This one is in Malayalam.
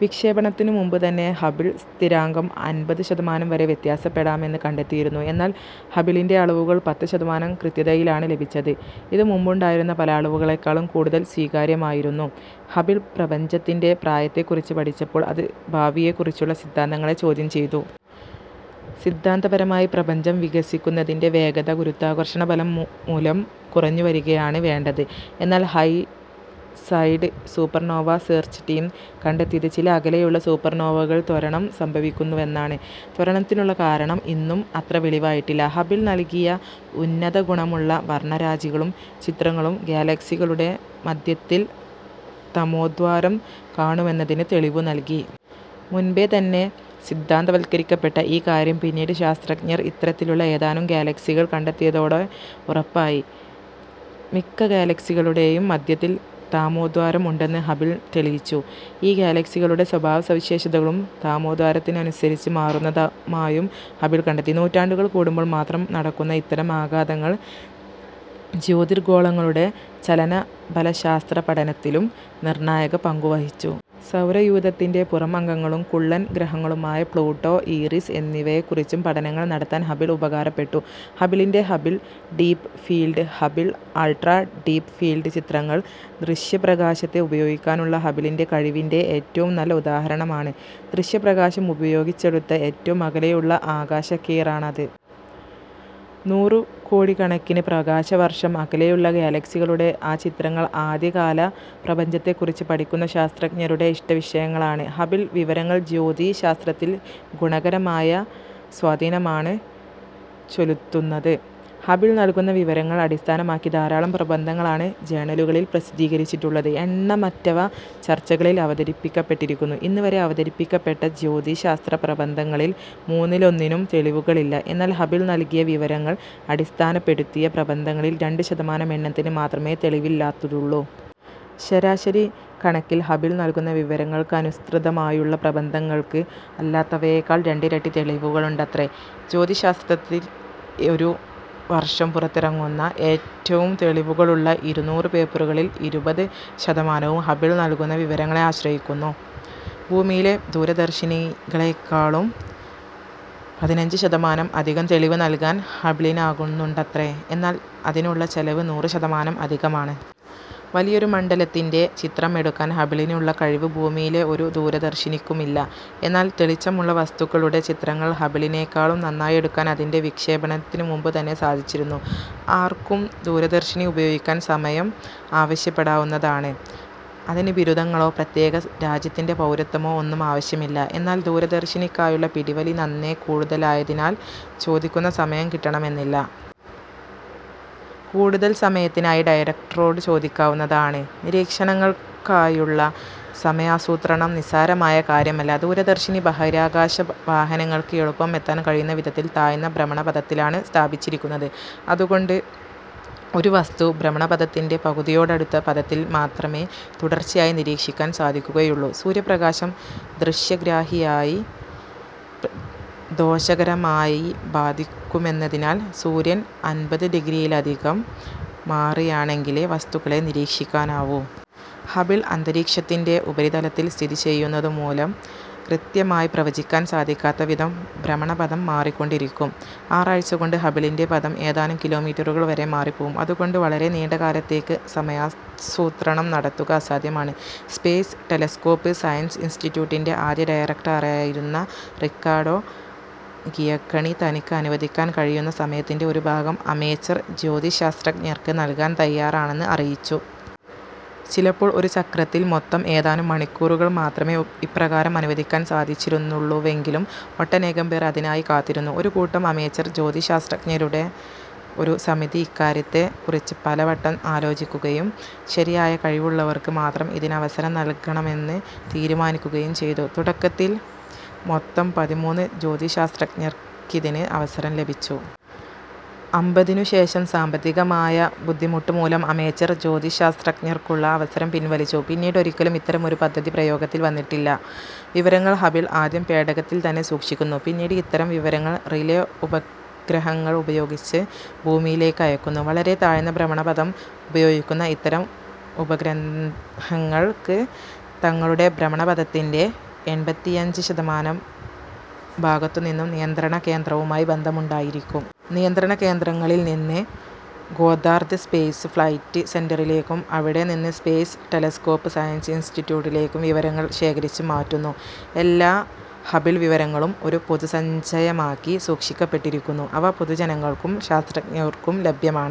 വിക്ഷേപണത്തിനു മുമ്പു തന്നെ ഹബിൾ സ്ഥിരാങ്കം അൻപത് ശതമാനം വരെ വ്യത്യാസപ്പെടാമെന്ന് കണ്ടെത്തിയിരുന്നു, എന്നാൽ ഹബിളിൻ്റെ അളവുകൾ പത്ത് ശതമാനം കൃത്യതയിലാണ് ലഭിച്ചത്. ഇത് മുമ്പുണ്ടായിരുന്ന പല അളവുകളെക്കാളും കൂടുതൽ സ്വീകാര്യമായിരുന്നു. ഹബിൾ പ്രപഞ്ചത്തിൻ്റെ പ്രായത്തെ കുറിച്ച് പഠിച്ചപ്പോൾ അത് ഭാവിയെ കുറിച്ചുള്ള സിദ്ധാന്തങ്ങളെ ചോദ്യം ചെയ്തു. സിദ്ധാന്തപരമായി പ്രപഞ്ചം വികസിക്കുന്നതിൻ്റെ വേഗത ഗുരുത്വാകർഷണ ബലം മു മൂലം കുറഞ്ഞു വരികയാണ് വേണ്ടത്. എന്നാൽ ഹൈ-സെഡ് സൂപ്പർനോവ സേർച്ച് ടീം കണ്ടെത്തിയത് ചില അകലെയുള്ള സൂപ്പർനോവകൾ ത്വരണം സംഭവിക്കുന്നുവെന്നാണ്. ത്വരണത്തിനുള്ള കാരണം ഇന്നും അത്ര വെളിവായിട്ടില്ല. ഹബിൾ നൽകിയ ഉന്നത ഗുണമുള്ള വർണ്ണരാജികളും ചിത്രങ്ങളും ഗാലക്സികളുടെ മധ്യത്തിൽ തമോദ്വാരം കാണുമെന്നതിന് തെളിവു നൽകി. മുൻപേ തന്നെ സിദ്ധാന്തവൽകരിക്കപ്പെട്ട ഈ കാര്യം പിന്നീട് ശാസ്ത്രജ്ഞർ ഇത്തരത്തിലുള്ള ഏതാനും ഗാലക്സികൾ കണ്ടെത്തിയതോടെ ഉറപ്പായി. മിക്ക ഗാലക്സികളുടേയും മദ്ധ്യത്തിൽ താമോദ്വാരം ഉണ്ടെന്ന് ഹബിൾ തെളിയിച്ചു. ഈ ഗാലക്സികളുടെ സ്വഭാവ സവിശേഷതകളും താമോദ്വാരത്തിനനുസരിച്ച് മാറുന്നതായും ഹബിൾ കണ്ടെത്തി. നൂറ്റാണ്ടുകൾ കൂടുമ്പോൾ മാത്രം നടക്കുന്ന ഇത്തരം ആഘാതങ്ങൾ ജ്യോതിർഗോളങ്ങളുടെ ചലനബലശാസ്ത്ര പഠനത്തിലും നിർണ്ണായക പങ്കു വഹിച്ചു. സൗരയൂഥത്തിൻ്റെ പുറം അംഗങ്ങളും കുള്ളൻ ഗ്രഹങ്ങളുമായ പ്ലൂട്ടോ, ഈറിസ് എന്നിവയെ കുറിച്ചും പഠനങ്ങൾ നടത്താൻ ഹബിൾ ഉപകാരപ്പെട്ടു. ഹബിളിൻ്റെ Hubble deep field, Hubble ultra deep field ചിത്രങ്ങൾ, ദൃശ്യപ്രകാശത്തെ ഉപയോഗിക്കാനുള്ള ഹബിലിൻ്റെ കഴിവിൻ്റെ ഏറ്റവും നല്ല ഉദാഹരണമാണ്. ദൃശ്യപ്രകാശം ഉപയോഗിച്ചെടുത്ത ഏറ്റവും അകലെയുള്ള ആകാശക്കീറാണത്. നൂറുകോടിക്കണക്കിന് പ്രകാശവർഷം അകലെയുള്ള ഗാലക്സികളുടെ ആ ചിത്രങ്ങൾ ആദ്യകാല പ്രപഞ്ചത്തെക്കുറിച്ച് പഠിക്കുന്ന ശാസ്ത്രജ്ഞരുടെ ഇഷ്ടവിഷയങ്ങളാണ്. ഹബിൾ വിവരങ്ങൾ ജ്യോതിശാസ്ത്രത്തിൽ ഗുണകരമായ സ്വാധീനമാണ് ചെലുത്തുന്നത്. ഹബിൾ നൽകുന്ന വിവരങ്ങൾ അടിസ്ഥാനമാക്കി ധാരാളം പ്രബന്ധങ്ങളാണ് ജേണലുകളിൽ പ്രസിദ്ധീകരിച്ചിട്ടുള്ളത്, എണ്ണമറ്റവ ചർച്ചകളിൽ അവതരിപ്പിക്കപ്പെട്ടിരിക്കുന്നു. ഇന്നുവരെ അവതരിപ്പിക്കപ്പെട്ട ജ്യോതിശാസ്ത്രപ്രബന്ധങ്ങളിൽ മൂന്നിലൊന്നിനും തെളിവുകളില്ല, എന്നാൽ ഹബിൾ നൽകിയ വിവരങ്ങൾ അടിസ്ഥാനപ്പെടുത്തിയ പ്രബന്ധങ്ങളിൽ രണ്ട് ശതമാനം എണ്ണത്തിന് മാത്രമേ തെളിവില്ലാത്തതുള്ളൂ. ശരാശരികണക്കിൽ ഹബിൾ നൽകുന്ന വിവരങ്ങൾക്കനുസ്‌തൃതമായുള്ള പ്രബന്ധങ്ങൾക്ക് അല്ലാത്തവയേക്കാൾ രണ്ടിരട്ടി തെളിവുകളുണ്ടത്രേ. ജ്യോതിശാസ്ത്രത്തിൽ ഒരു വർഷം പുറത്തിറങ്ങുന്ന ഏറ്റവും തെളിവുകളുള്ള ഇരുനൂറ് പേപ്പറുകളിൽ ഇരുപത് ശതമാനവും ഹബിൾ നൽകുന്ന വിവരങ്ങളെ ആശ്രയിക്കുന്നു. ഭൂമിയിലെ ദൂരദർശിനികളേക്കാളും പതിനഞ്ച് ശതമാനം അധികം തെളിവ് നൽകാൻ ഹബിളിനാകുന്നുണ്ടത്രേ, എന്നാൽ അതിനുള്ള ചെലവ് നൂറ് ശതമാനം അധികമാണ്. വലിയൊരു മണ്ഡലത്തിൻ്റെ ചിത്രം എടുക്കാൻ ഹബിളിനുള്ള കഴിവ് ഭൂമിയിലെ ഒരു ദൂരദർശിനിക്കുമില്ല. എന്നാൽ തെളിച്ചമുള്ള വസ്തുക്കളുടെ ചിത്രങ്ങൾ ഹബിളിനേക്കാളും നന്നായെടുക്കാൻ അതിൻ്റെ വിക്ഷേപണത്തിനു മുമ്പുതന്നെ സാധിച്ചിരുന്നു. ആർക്കും ദൂരദർശിനി ഉപയോഗിക്കാൻ സമയം ആവശ്യപ്പെടാവുന്നതാണ്, അതിന് ബിരുദങ്ങളോ, പ്രത്യേക രാജ്യത്തിൻ്റെ പൗരത്വമോ ഒന്നും ആവശ്യമില്ല. എന്നാൽ ദൂരദർശിനിക്കായുള്ള പിടിവലി നന്നേ കൂടുതലായതിനാൽ ചോദിക്കുന്ന സമയം കിട്ടണമെന്നില്ല. കൂടുതൽ സമയത്തിനായി ഡയറക്ടറോട് ചോദിക്കാവുന്നതാണ്. നിരീക്ഷണങ്ങൾക്കായുള്ള സമയാസൂത്രണം നിസ്സാരമായ കാര്യമല്ല, ദൂരദർശിനി ബഹിരാകാശ വാഹനങ്ങൾക്ക് എളുപ്പം എത്താൻ കഴിയുന്ന വിധത്തിൽ താഴ്ന്ന ഭ്രമണപഥത്തിലാണ് സ്ഥാപിച്ചിരിക്കുന്നത്. അതുകൊണ്ട് ഒരു വസ്തു ഭ്രമണപഥത്തിൻ്റെ പകുതിയോടടുത്ത പഥത്തിൽ മാത്രമേ തുടർച്ചയായി നിരീക്ഷിക്കാൻ സാധിക്കുകയുള്ളൂ. സൂര്യപ്രകാശം ദൃശ്യഗ്രാഹിയായി ദോശകരമായി ബാധിക്കുമെന്നതിനാൽ സൂര്യൻ അൻപത് ഡിഗ്രിയിലധികം മാറിയാണെങ്കിലേ വസ്തുക്കളെ നിരീക്ഷിക്കാനാവൂ. ഹബിൾ അന്തരീക്ഷത്തിൻ്റെ ഉപരിതലത്തിൽ സ്ഥിതി ചെയ്യുന്നതു മൂലം കൃത്യമായി പ്രവചിക്കാൻ സാധിക്കാത്ത വിധം ഭ്രമണപഥം മാറിക്കൊണ്ടിരിക്കും. ആറാഴ്ചകൊണ്ട് ഹബിളിൻ്റെ പഥം ഏതാനും കിലോമീറ്ററുകൾ വരെ മാറിപ്പോവും, അതുകൊണ്ട് വളരെ നീണ്ടകാലത്തേക്ക് സമയാസൂത്രണം നടത്തുക അസാധ്യമാണ്. സ്പേസ് ടെലസ്കോപ് സയൻസ് ഇൻസ്റ്റിറ്റ്യൂട്ടിൻ്റെ ആദ്യ ഡയറക്ടറായിരുന്ന റിക്കാഡോ ഗിയക്കണി തനിക്ക് അനുവദിക്കാൻ കഴിയുന്ന സമയത്തിൻ്റെ ഒരു ഭാഗം അമേച്ചർ ജ്യോതിശാസ്ത്രജ്ഞർക്ക് നൽകാൻ തയ്യാറാണെന്ന് അറിയിച്ചു. ചിലപ്പോൾ ഒരു ചക്രത്തിൽ മൊത്തം ഏതാനും മണിക്കൂറുകൾ മാത്രമേ ഇപ്രകാരം അനുവദിക്കാൻ സാധിച്ചിരുന്നുള്ളൂവെങ്കിലും ഒട്ടനേകംപേർ അതിനായി കാത്തിരുന്നു. ഒരു കൂട്ടം അമേച്ചർ ജ്യോതിശാസ്ത്രജ്ഞരുടെ ഒരു സമിതി ഇക്കാര്യത്തെ കുറിച്ച് പലവട്ടം ആലോചിക്കുകയും ശരിയായ കഴിവുള്ളവർക്ക് മാത്രം ഇതിനവസരം നൽകണമെന്ന് തീരുമാനിക്കുകയും ചെയ്തു. തുടക്കത്തിൽ മൊത്തം പതിമൂന്ന് ജ്യോതിശാസ്ത്രജ്ഞർക്കിതിന് അവസരം ലഭിച്ചു. അമ്പതിനുശേഷം സാമ്പത്തികമായ ബുദ്ധിമുട്ടുമൂലം അമേച്ചർ ജ്യോതിശാസ്ത്രജ്ഞർക്കുള്ള അവസരം പിൻവലിച്ചു, പിന്നീടൊരിക്കലും ഇത്തരമൊരു പദ്ധതി പ്രയോഗത്തിൽ വന്നിട്ടില്ല. വിവരങ്ങൾ ഹബിൾ ആദ്യം പേടകത്തിൽ തന്നെ സൂക്ഷിക്കുന്നു. പിന്നീട് ഇത്തരം വിവരങ്ങൾ റിലേ ഉപഗ്രഹങ്ങൾ ഉപയോഗിച്ച് ഭൂമിയിലേക്കയക്കുന്നു. വളരെ താഴ്ന്ന ഭ്രമണപഥം ഉപയോഗിക്കുന്ന ഇത്തരം ഉപഗ്രഹങ്ങൾക്ക് തങ്ങളുടെ ഭ്രമണപഥത്തിൻ്റെ എൺപത്തിയഞ്ച് ശതമാനം ഭാഗത്തു നിന്നും നിയന്ത്രണകേന്ദ്രവുമായി ബന്ധമുണ്ടായിരിക്കും. നിയന്ത്രണകേന്ദ്രങ്ങളിൽ നിന്ന് ഗോദ്ദാർദ് സ്പേസ് ഫ്ലൈറ്റ് സെന്ററിലേക്കും അവിടെനിന്ന് സ്പേസ് ടെലസ്കോപ് സയൻസ് ഇൻസ്റ്റിറ്റ്യൂട്ടിലേക്കും വിവരങ്ങൾ ശേഖരിച്ച് മാറ്റുന്നു. എല്ലാ ഹബിൾ വിവരങ്ങളും ഒരു പൊതുസഞ്ചയമാക്കി സൂക്ഷിക്കപ്പെട്ടിരിക്കുന്നു, അവ പൊതുജനങ്ങൾക്കും ശാസ്ത്രജ്ഞർക്കും ലഭ്യമാണ്.